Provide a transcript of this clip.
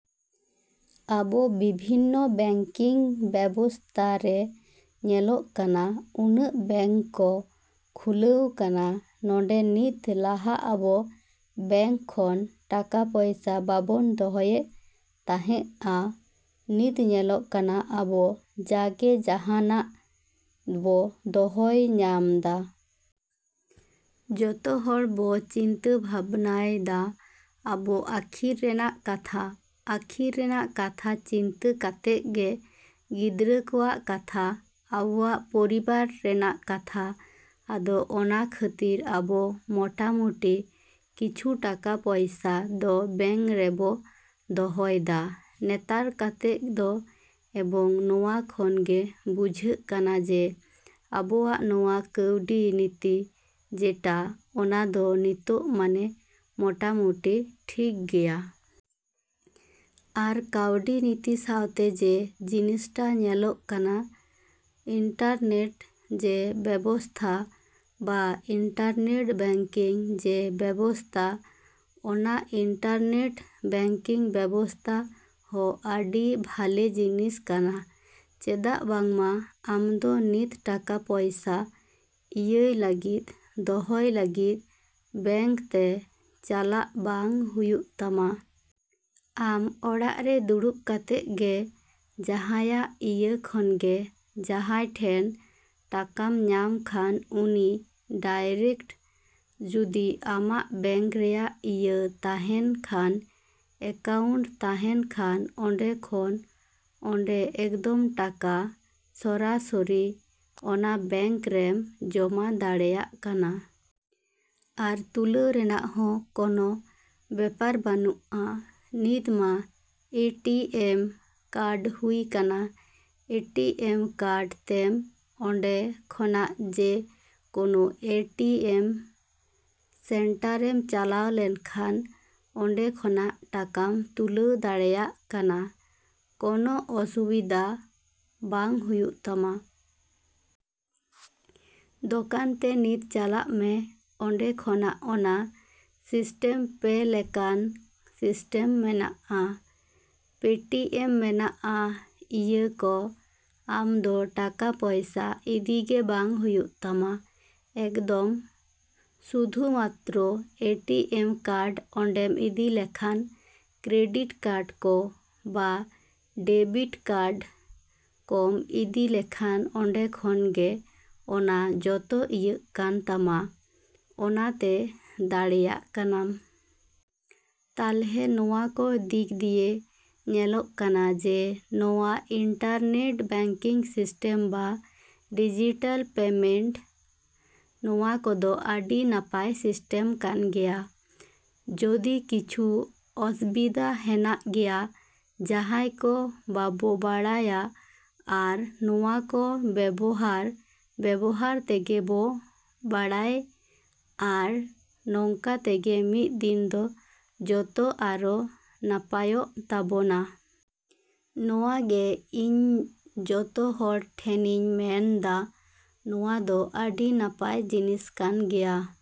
‎ᱟᱵᱚ ᱵᱤᱵᱷᱤᱱᱱᱚ ᱵᱮᱝᱠᱤᱝ ᱵᱮᱵᱚᱥᱛᱟ ᱨᱮ ᱧᱮᱞᱚᱜ ᱠᱟᱱᱟ, ᱩᱱᱟᱹᱜ ᱵᱮᱝᱠ ᱠᱚ ᱠᱷᱩᱞᱟᱹᱣ ᱠᱟᱱᱟ ᱱᱚᱰᱮ ᱱᱤᱛ ᱞᱟᱦᱟ ᱟᱵᱚ ᱵᱮᱝᱠ ᱠᱷᱚᱱ ᱴᱟᱠᱟ ᱯᱚᱭᱥᱟ ᱵᱟᱵᱚᱱ ᱫᱚᱦᱚᱭᱮᱫ ᱛᱟᱦᱮᱸᱜᱼᱟ, ᱱᱤᱛ ᱧᱮᱞᱚᱜ ᱠᱟᱱᱟ ᱟᱵᱚ ᱡᱟᱜᱮ ᱡᱟᱦᱟᱸᱱᱟᱜ ᱵᱚ ᱫᱚᱦᱚᱭ ᱧᱟᱢ ᱫᱟ᱾ ᱡᱚᱛᱚ ᱦᱚᱲ ᱵᱚ ᱪᱤᱱᱛᱟᱹ ᱵᱷᱟᱵᱽᱱᱭ ᱫᱟ ᱟᱵᱚ ᱟᱠᱷᱤᱨ ᱨᱮᱱᱟᱜ ᱠᱟᱛᱷᱟ, ᱟᱠᱷᱤᱨ ᱨᱮᱱᱟᱜ ᱠᱟᱛᱷᱟ ᱪᱤᱱᱛᱟᱹ ᱠᱟᱛᱮᱜ ᱜᱮ ᱜᱤᱫᱽᱨᱟᱹ ᱠᱚᱣᱟᱜ ᱠᱟᱛᱷᱟ, ᱟᱵᱚᱣᱟᱜ ᱯᱚᱨᱤᱵᱟᱨ ᱨᱮᱱᱟᱜ ᱠᱟᱛᱷᱟ ᱟᱫᱚ ᱚᱱᱟ ᱠᱷᱟᱹᱛᱤᱨ ᱟᱵᱚ ᱢᱚᱴᱟᱢᱩᱴᱤ ᱠᱤᱪᱷᱩ ᱴᱟᱠᱟ ᱯᱚᱭᱥᱟ ᱫᱚ ᱵᱮᱝᱠ ᱨᱮᱵᱚ ᱫᱚᱦᱚᱭ ᱫᱟ ᱱᱮᱛᱟᱨ ᱠᱟᱛᱮᱜ ᱫᱚ, ᱮᱵᱚᱝ ᱱᱚᱣᱟ ᱠᱷᱚᱱ ᱜᱮ ᱵᱩᱡᱷᱟᱹᱜ ᱠᱟᱱᱟ ᱡᱮ ᱟᱵᱚᱣᱟᱜ ᱱᱚᱣᱟ ᱠᱟᱹᱣᱰᱤ ᱱᱤᱛᱤ ᱡᱮᱴᱟ ᱚᱱᱟ ᱫᱚ ᱱᱤᱛᱚᱜ ᱢᱟᱱᱮ ᱢᱚᱴᱟᱢᱩᱴᱤ ᱴᱷᱤᱠ ᱜᱮᱭᱟ᱾ ᱟᱨ ᱠᱟᱣᱰᱤ ᱱᱤᱛᱤ ᱥᱟᱶᱛᱮ ᱡᱮ ᱡᱤᱱᱤᱥᱴᱟ ᱧᱮᱞᱚᱜ ᱠᱟᱱᱟ ᱤᱱᱴᱟᱨᱱᱮᱹᱴ ᱡᱮ ᱵᱮᱵᱚᱥᱛᱷᱟ ᱵᱟ ᱤᱱᱴᱟᱨᱱᱮᱹᱴ ᱵᱮᱝᱠᱤᱝ ᱡᱮ ᱵᱮᱵᱚᱥᱛᱟ ᱚᱱᱟ ᱤᱱᱴᱟᱨᱱᱮᱹᱴ ᱵᱮᱝᱠᱤᱝ ᱵᱮᱵᱚᱥᱛᱟ ᱦᱚᱸ ᱟᱰᱤ ᱵᱷᱟᱞᱮ ᱡᱤᱱᱤᱥ ᱠᱟᱱᱟ᱾ ᱪᱮᱫᱟᱜ ᱵᱟᱝᱢᱟ ᱟᱢᱫᱚ ᱱᱤᱛ ᱴᱟᱠᱟ ᱯᱚᱭᱥᱟ ᱤᱭᱟᱹᱭ ᱞᱟᱹᱜᱤᱫ, ᱫᱚᱦᱚᱭ ᱞᱟᱹᱜᱤᱫ ᱵᱮᱝᱠ ᱛᱮ ᱪᱟᱞᱟᱜ ᱵᱟᱝ ᱦᱩᱭᱩᱜ ᱛᱟᱢᱟ᱾ ᱟᱢ ᱚᱲᱟᱜ ᱨᱮ ᱫᱩᱲᱩᱵ ᱠᱟᱛᱮᱜ ᱜᱮ ᱡᱟᱦᱟᱸᱭᱟᱜ ᱤᱭᱟᱹ ᱠᱷᱚᱱ ᱜᱮ, ᱡᱟᱦᱟᱸᱭ ᱴᱷᱮᱱ ᱴᱟᱠᱟᱢ ᱧᱟᱢ ᱠᱷᱟᱱ ᱩᱱᱤ ᱰᱟᱭᱨᱮᱠᱴ ᱡᱩᱫᱤ ᱟᱢᱟᱜ ᱵᱮᱝᱠ ᱨᱮᱭᱟᱜ ᱤᱭᱟᱹ ᱛᱟᱦᱮᱸᱱ ᱠᱷᱟᱱ ᱮᱠᱟᱣᱩᱱᱴ ᱛᱟᱦᱮᱸᱱ ᱠᱷᱟᱱ ᱚᱸᱰᱮ ᱠᱷᱚᱱ ᱚᱸᱰᱮ ᱮᱠᱫᱚᱢ ᱴᱟᱠᱟ ᱥᱚᱨᱟᱥᱚᱨᱤ ᱚᱱᱟ ᱵᱮᱝᱠ ᱨᱮᱢ ᱡᱚᱢᱟ ᱫᱟᱲᱮᱭᱟᱜ ᱠᱟᱱᱟ᱾ ᱟᱨ ᱛᱩᱞᱟᱹᱣ ᱨᱮᱱᱟᱜ ᱦᱚᱸ ᱠᱚᱱᱚ ᱵᱮᱯᱟᱨ ᱵᱟᱱᱩᱜᱼᱟ ᱱᱤᱛ ᱢᱟ ᱮ ᱴᱤ ᱮᱢ ᱠᱟᱨᱰ ᱦᱩᱭ ᱠᱟᱱᱟ ᱮ ᱴᱤ ᱮᱢ ᱠᱟᱨᱰ ᱛᱮᱢ ᱚᱸᱰᱮ ᱠᱷᱚᱱᱟᱜ ᱡᱮ ᱠᱳᱱᱳ ᱮ ᱴᱤ ᱮᱢ ᱥᱮᱱᱴᱟᱨᱮᱢ ᱪᱟᱞᱟᱣ ᱞᱮᱱᱠᱷᱟᱱ ᱚᱸᱰᱮ ᱠᱷᱚᱱᱟᱜ ᱴᱟᱠᱟᱢ ᱛᱩᱞᱟᱹᱣ ᱫᱟᱲᱮᱭᱟᱜ ᱠᱟᱱᱟ, ᱠᱚᱱᱚ ᱚᱥᱩᱵᱤᱫᱟ ᱵᱟᱝ ᱦᱩᱭᱩᱜ ᱛᱟᱢᱟ᱾ ᱫᱚᱠᱟᱱ ᱛᱮ ᱱᱤᱛ ᱪᱟᱞᱟᱜ ᱢᱮ ᱚᱸᱰᱮ ᱠᱷᱚᱱᱟᱜ ᱚᱱᱟ ᱥᱤᱥᱴᱮᱢ ᱯᱮ ᱞᱮᱠᱟᱱ ᱥᱤᱥᱴᱮᱢ ᱢᱮᱱᱟᱜᱼᱟ, ᱯᱮᱴᱤᱮᱢ ᱢᱮᱱᱟᱜᱼᱟ ᱤᱭᱟᱹ ᱠᱚ, ᱟᱢ ᱫᱚ ᱴᱟᱠᱟ ᱯᱚᱭᱥᱟ ᱤᱫᱤᱜᱮ ᱵᱟᱝ ᱦᱩᱭᱩᱜ ᱛᱟᱢᱟ ᱮᱠᱫᱚᱢ ᱥᱩᱫᱷᱩᱢᱟᱛᱨᱚ ᱮ ᱴᱤ ᱮᱢ ᱠᱟᱨᱰ ᱚᱸᱰᱮᱢ ᱤᱫᱤᱞᱮᱠᱷᱟᱱ ᱠᱨᱮᱰᱤᱴ ᱠᱟᱨᱰ ᱠᱚ ᱵᱟ ᱰᱮᱹᱵᱤᱴ ᱠᱟᱨᱰ ᱠᱚᱢ ᱤᱫᱤ ᱞᱮᱠᱷᱟᱱ ᱚᱸᱰᱮ ᱠᱷᱚᱱ ᱜᱮ ᱚᱱᱟ ᱡᱚᱛᱚ ᱤᱭᱟᱹᱜ ᱠᱟᱱ ᱛᱟᱢᱟ ᱚᱱᱟᱛᱮ ᱫᱟᱲᱮᱭᱟᱜ ᱠᱟᱱᱟᱢ᱾ ᱛᱟᱞᱦᱮ ᱱᱚᱣᱟ ᱠᱚ ᱫᱤᱠ ᱫᱤᱭᱮ ᱧᱮᱞᱚᱜ ᱠᱟᱱᱟ ᱡᱮ ᱱᱚᱣᱟ ᱤᱱᱴᱟᱨᱱᱮᱹᱴ ᱵᱮᱝᱠᱤᱝ ᱥᱤᱥᱴᱮᱢ ᱵᱟ ᱰᱤᱡᱤᱴᱟᱞ ᱯᱮᱢᱮᱱᱴ ᱱᱚᱣᱟ ᱠᱚᱫᱚ ᱟᱰᱤ ᱱᱟᱯᱟᱭ ᱥᱤᱥᱴᱮᱢ ᱠᱟᱱ ᱜᱮᱭᱟ, ᱡᱚᱫᱤ ᱠᱤᱪᱷᱩ ᱚᱥᱵᱤᱫᱟ ᱦᱮᱱᱟᱜ ᱜᱮᱭᱟ ᱡᱟᱦᱟᱸᱭ ᱠᱚ ᱵᱟᱵᱚ ᱵᱟᱲᱟᱭᱟ, ᱟᱨ ᱱᱚᱣᱟ ᱠᱚ ᱵᱮᱵᱚᱦᱟᱨ ᱵᱮᱵᱚᱦᱟᱨ ᱛᱮᱜᱮ ᱵᱚ ᱵᱟᱲᱟᱭ ᱟᱨ ᱱᱚᱝᱠᱟ ᱛᱮᱜᱮ ᱢᱤᱫ ᱫᱤᱱ ᱫᱚ ᱡᱚᱛᱚ ᱟᱨᱚ ᱱᱟᱯᱟᱭᱚᱜ ᱛᱟᱵᱚᱱᱟ᱾ ᱱᱚᱣᱟ ᱜᱮ ᱤᱧ ᱡᱚᱛᱚ ᱦᱚᱲ ᱴᱷᱮᱱᱤᱧ ᱢᱮᱱ ᱫᱟ ᱱᱚᱣᱟ ᱫᱚ ᱟᱰᱤ ᱱᱟᱯᱟᱭ ᱡᱤᱱᱤᱥ ᱠᱟᱱ ᱜᱮᱭᱟ᱾।